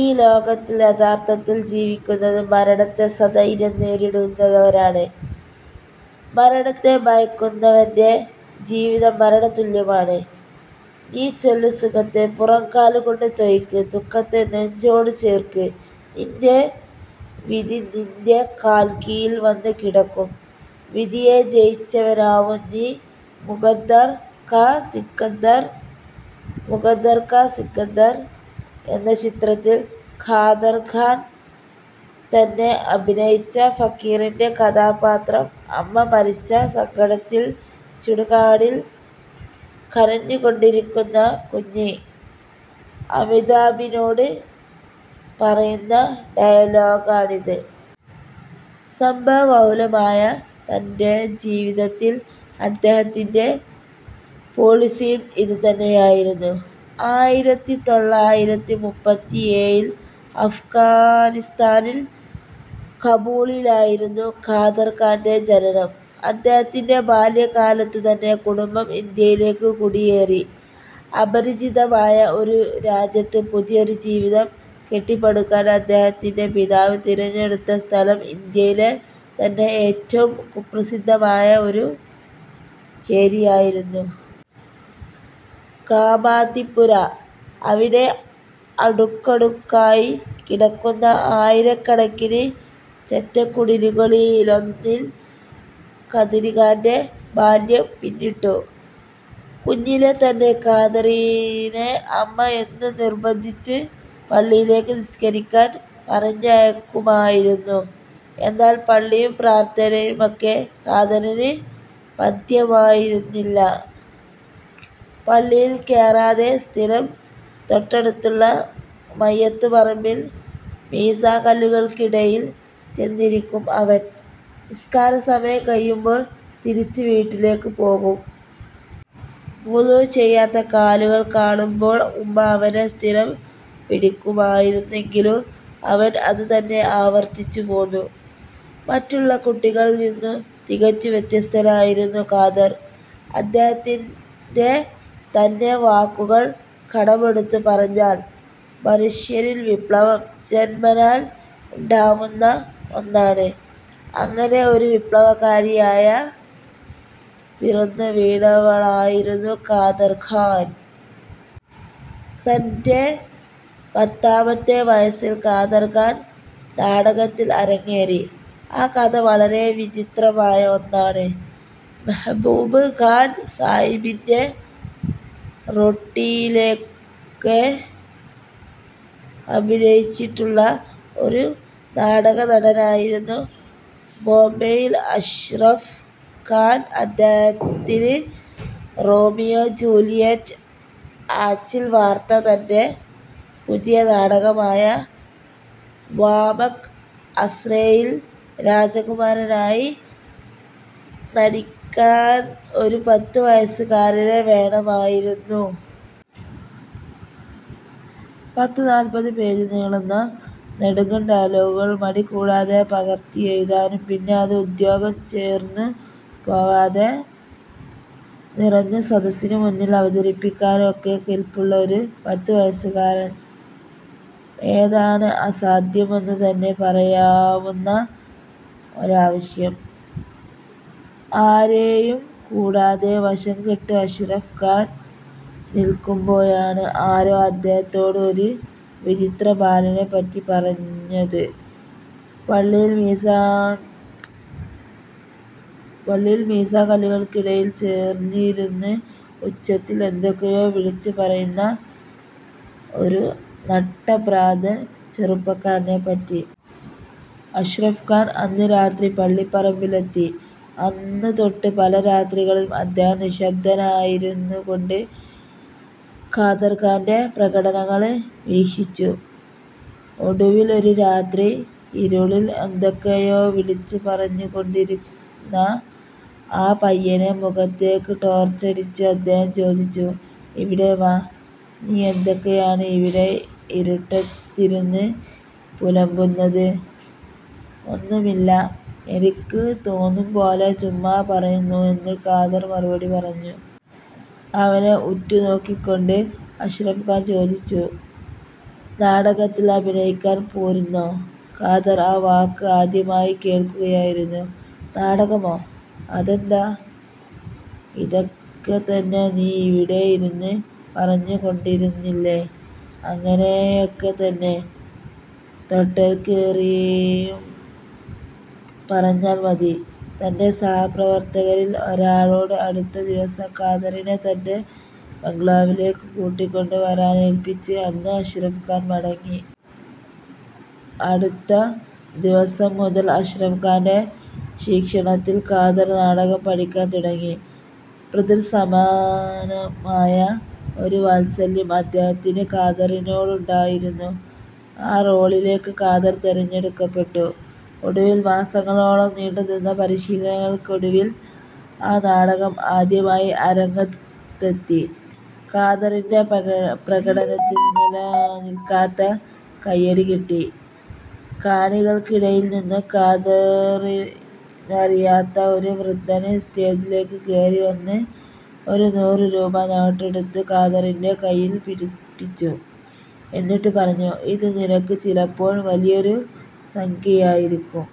ഈ ലോകത്തില്‍ യഥാര്‍ത്ഥത്തിൽ ജീവിക്കുന്നത് മരണത്തെ സധൈര്യം നേരിടുന്നവരാണ്. മരണത്തെ ഭയക്കുന്നവന്റെ ജീവിതം മരണതുല്യമാണ്. നീ ചെല്ല് സുഖത്തെ പുറംകാലുകൊണ്ട് തൊഴിക്ക്. ദു:ഖത്തെ നെഞ്ചോട് ചേര്‍ക്ക് നിന്‍റെ വിധി നിന്‍റെ കാൽ കീഴിൽ വന്നുകിടക്കും വിധിയെ ജയിച്ചവനാവും നീ മുകദ്ദർ കാ സിക്കന്ദർ ' മുകദ്ദർ കാ സികന്ദർ എന്ന ചിത്രത്തില്‍ കാദർ ഖാൻ തന്നെ അഭിനയിച്ച ഫക്കീറിന്റെ കഥാപാത്രം അമ്മ മരിച്ച സങ്കടത്തില്‍ ചുടുകാടിൽ കരഞ്ഞുകൊണ്ടിരുന്ന കുഞ്ഞ് അമിതാഭിനോട് പറയുന്ന ഡയലോഗാണിത്. സംഭവ ബഹുലമായ തന്‍റെ ജീവിതത്തില്‍ അദ്ദേഹത്തിന്‍റെ പോളിസിയും ഇതുതന്നെയായിരുന്നു. ആയിരത്തിത്തൊള്ളായിരത്തിമൂപ്പത്തിഏഴിൽ അഫ്ഗാനിസ്ഥാനില്‍ കാബൂളിലായിരുന്നു കാദർ ഖാന്‍റെ ജനനം. അദ്ദേഹത്തിന്‍റെ ബാല്യകാലത്തുതന്നെ കുടുംബം ഇന്ത്യയിലേക്ക് കുടിയേറി. അപരിചിതമായ ഒരു രാജ്യത്ത് പുതിയൊരു ജീവിതം കെട്ടിപ്പടുക്കാന്‍ അദ്ദേഹത്തിന്‍റെ പിതാവ് തിരഞ്ഞെടുത്ത സ്ഥലം, ഇന്ത്യയിലെ തന്നെ ഏറ്റവും കുപ്രസിദ്ധമായ ഒരു ചേരിയായിരുന്നു. കാമാത്തിപുര. അവിടെ അടുക്കടുക്കായി കിടക്കുന്ന ആയിരക്കണക്കിന് ചെറ്റക്കുടിലുകളിലൊന്നിൽ കദര്ഖാന്റെ ബാല്യം പിന്നിട്ടു. കുഞ്ഞിലേ തന്നെ, കാദറിനെ അമ്മ എന്നും നിർബന്ധിച്ച് പള്ളിയിലേക്ക് നിസ്കരിക്കാൻ പറഞ്ഞയക്കുമായിരുന്നു. എന്നാൽ പള്ളിയും പ്രാർത്ഥനയുമൊന്നും കാദറിന് പഥ്യമായിരുന്നില്ല. പള്ളിയിൽ കേറാതെ സ്ഥിരം തൊട്ടടുത്തുള്ള മയ്യത്തുപറമ്പിൽ മീസാങ്കല്ലുകൾക്കിടയിൽ ചെന്നിരിക്കും അവൻ. നിസ്കാര സമയം കഴിയുമ്പോൾ തിരിച്ചു വീട്ടിലേക്കു പോവും. വുളു ചെയ്യാത്ത കാലുകൾ കാണുമ്പൊൾ ഉമ്മ അവനെ സ്ഥിരം പിടിക്കുമായിരുന്നെങ്കിലും അവൻ അതുതന്നെ ആവർത്തിച്ചുപോന്നു. മറ്റുള്ള കുട്ടികളിൽ നിന്നും തികച്ചും വ്യത്യസ്തനായിരുന്നു കാദർ. അദ്ദേഹത്തിന്‍റെ തന്നെ വാക്കുകൾ കടമെടുത്തു പറഞ്ഞാൽ, ' മനുഷ്യനിൽ വിപ്ലവം ജന്മനാൽ ഉണ്ടാവുന്ന ഒന്നാണ്. അങ്ങനെ ഒരു വിപ്ലവകാരിയായ പിറന്നുവീണയാളായിരുന്നു കാദർ ഖാൻ. തന്‍റെ പത്താമത്തെ വയസ്സിൽ കാദർ ഖാൻ നാടകത്തിൽ അരങ്ങേറി. ആ കഥ വളരെ വിചിത്രമായ ഒന്നാണ് '. മെഹ്ബൂബ് ഖാൻ സാഹിബിന്‍റെ ' റൊട്ടി'യിലൊക്കെ അഭിനയിച്ചിട്ടുള്ള ഒരു നാടകനടനുണ്ടായിരുന്നു ബോംബെയിൽ, അഷ്റഫ് ഖാൻ. അദ്ദേഹത്തിന് റോമിയോ ജൂലിയറ്റ് അച്ചിൽ വാർത്ത തന്‍റെ പുതിയ നാടകമായ ' വാമക് അസ്ര'യിൽ രാജകുമാരനായി നടിക്കാൻ ഒരു പത്തുവയസുകാരനെ വേണമായിരുന്നു. പത്തുനാല്പതു പേജ് നീളുന്ന നെടുങ്കൻ ഡയലോഗുകൾ മടി കൂടാതെ പകർത്തിയെഴുതാനും, പിന്നെ അത് ഉദ്വേഗം ചോർന്നുപോവാതെ നിറഞ്ഞ സദസ്സിനുമുന്നിൽ അവതരിപ്പിക്കാനും ഒക്കെ കെല്പുള്ള ഒരു പത്തുവയസ്സുകാരൻ. ഏതാണ് അസാധ്യമെന്നുതന്നെ പറയാവുന്ന ഒരാവശ്യം. ആരെയും കുടാതെ വശംകെട്ട് അഷ്റഫ് ഖാൻ നിൽക്കുമ്പോഴാണ് ആരോ അദ്ദേഹത്തോട് ഒരു വിചിത്ര ബാലനെപ്പറ്റി പറഞ്ഞത്, പള്ളിയിൽ മീസ പള്ളിയിൽ മീസാങ്കല്ലുകൾക്കിടയിൽ ചെന്നിരുന്ന് ഉച്ചത്തിൽ എന്തൊക്കെയോ വിളിച്ചു പറയുന്ന ഒരു നട്ടപ്രാന്തൻ ചെറുക്കനെപ്പറ്റി. അഷ്റഫ് ഖാൻ അന്ന് രാത്രി പള്ളിപ്പറമ്പിലെത്തി. അന്നുതൊട്ട് പല രാത്രികളിലും അദ്ദേഹം നിശ്ശബ്ദനായിരുന്നുകൊണ്ട് കാദര്ഖാന്റെ പ്രകടനങ്ങള് വീക്ഷിച്ചു. ഒടുവില്‍ ഒരു രാത്രി ഇരുളില്‍ എന്തൊക്കെയോ വിളിച്ചുപറഞ്ഞുകൊണ്ടിരുന്ന ആ പയ്യന്ന് മുഖത്തേക്ക് ടോര്‍ച്ചടിച്ച് അദ്ദേഹം ചോദിച്ചു, ' ഇവിടെ വാ നീയെന്തൊക്കെയാണ് ഇവിടെ ഇരുട്ടത്തിരുന്ന് പുലമ്പുന്നത്? ' ഒന്നുമില്ല എനിക്ക് തോന്നുംപോലെ ചുമ്മാ പറയുന്നു ' എന്ന് കാദർ മറുപടി പറഞ്ഞു. അവനെ ഉറ്റുനോക്കിക്കൊണ്ട് അഷ്റഫ് ഖാൻ ചോദിച്ചു, ' നാടകത്തില്‍ അഭിനയിക്കാന്‍ പോരുന്നോ? ' കാദർ ആ വാക്ക് ആദ്യമായി കേള്‍ക്കുകയായിരുന്നു. ' നാടകമോ? അതെന്താ? '' ഇതൊക്കെത്തന്നെ നീ ഇവിടെയിരുന്ന് പറഞ്ഞുകൊണ്ടിരുന്നില്ലേ, അങ്ങനെയൊക്കെത്തന്നെ തട്ടേൽക്കേറിയും പറഞ്ഞാല്‍ മതി. ' തന്‍റെ സഹപ്രവര്‍ത്തകരില്‍ ഒരാളോട് അടുത്ത ദിവസം കാദറിനെ തന്‍റെ ബംഗ്ലാവിലേക്ക് കൂട്ടിക്കൊണ്ടുവരാനേല്പ്പിച്ച് അന്ന് അഷ്റഫ് ഖാൻ മടങ്ങി. അടുത്ത ദിവസം മുതല്‍ അഷ്റഫ് ഖാന്‍റെ ശിക്ഷണത്തില്‍ കാദർ നാടകം പഠിക്കാന്‍ തുടങ്ങി. പിതൃസമാനമായ ഒരു വാത്സല്യം അദ്ദേഹത്തിന് കാദറിനോടുണ്ടായിരുന്നു. ആ റോളിലേക്ക് കാദർ തെരഞ്ഞെടുക്കപ്പെട്ടു. ഒടുവില്‍ മാസങ്ങളോളം നീണ്ടുനിന്ന പരിശീലനങ്ങൾക്കൊടുവിൽ ആ നാടകം ആദ്യമായി അരങ്ങത്തെത്തി. കാദറിന്റെ പ്ര പ്രകടനത്തിന് നിലയനിൽക്കാത്ത കയ്യടി കിട്ടി. കാണികള്‍ക്കിടയില്‍ നിന്നും കാദറിനറിയാത്ത ഒരു വൃദ്ധന് സ്റ്റേജിലേക്ക് കേറി വന്ന് ഒരു നൂറു രൂപാ നോട്ടെടുത്ത് കാദറിന്റെ കയ്യില്‍ പിടിപ്പിച്ചു. എന്നിട്ടുപറഞ്ഞു, ' ഇത് നിനക്ക് ചിലപ്പോള്‍ വലിയൊരു സംഖ്യയായിരിക്കും.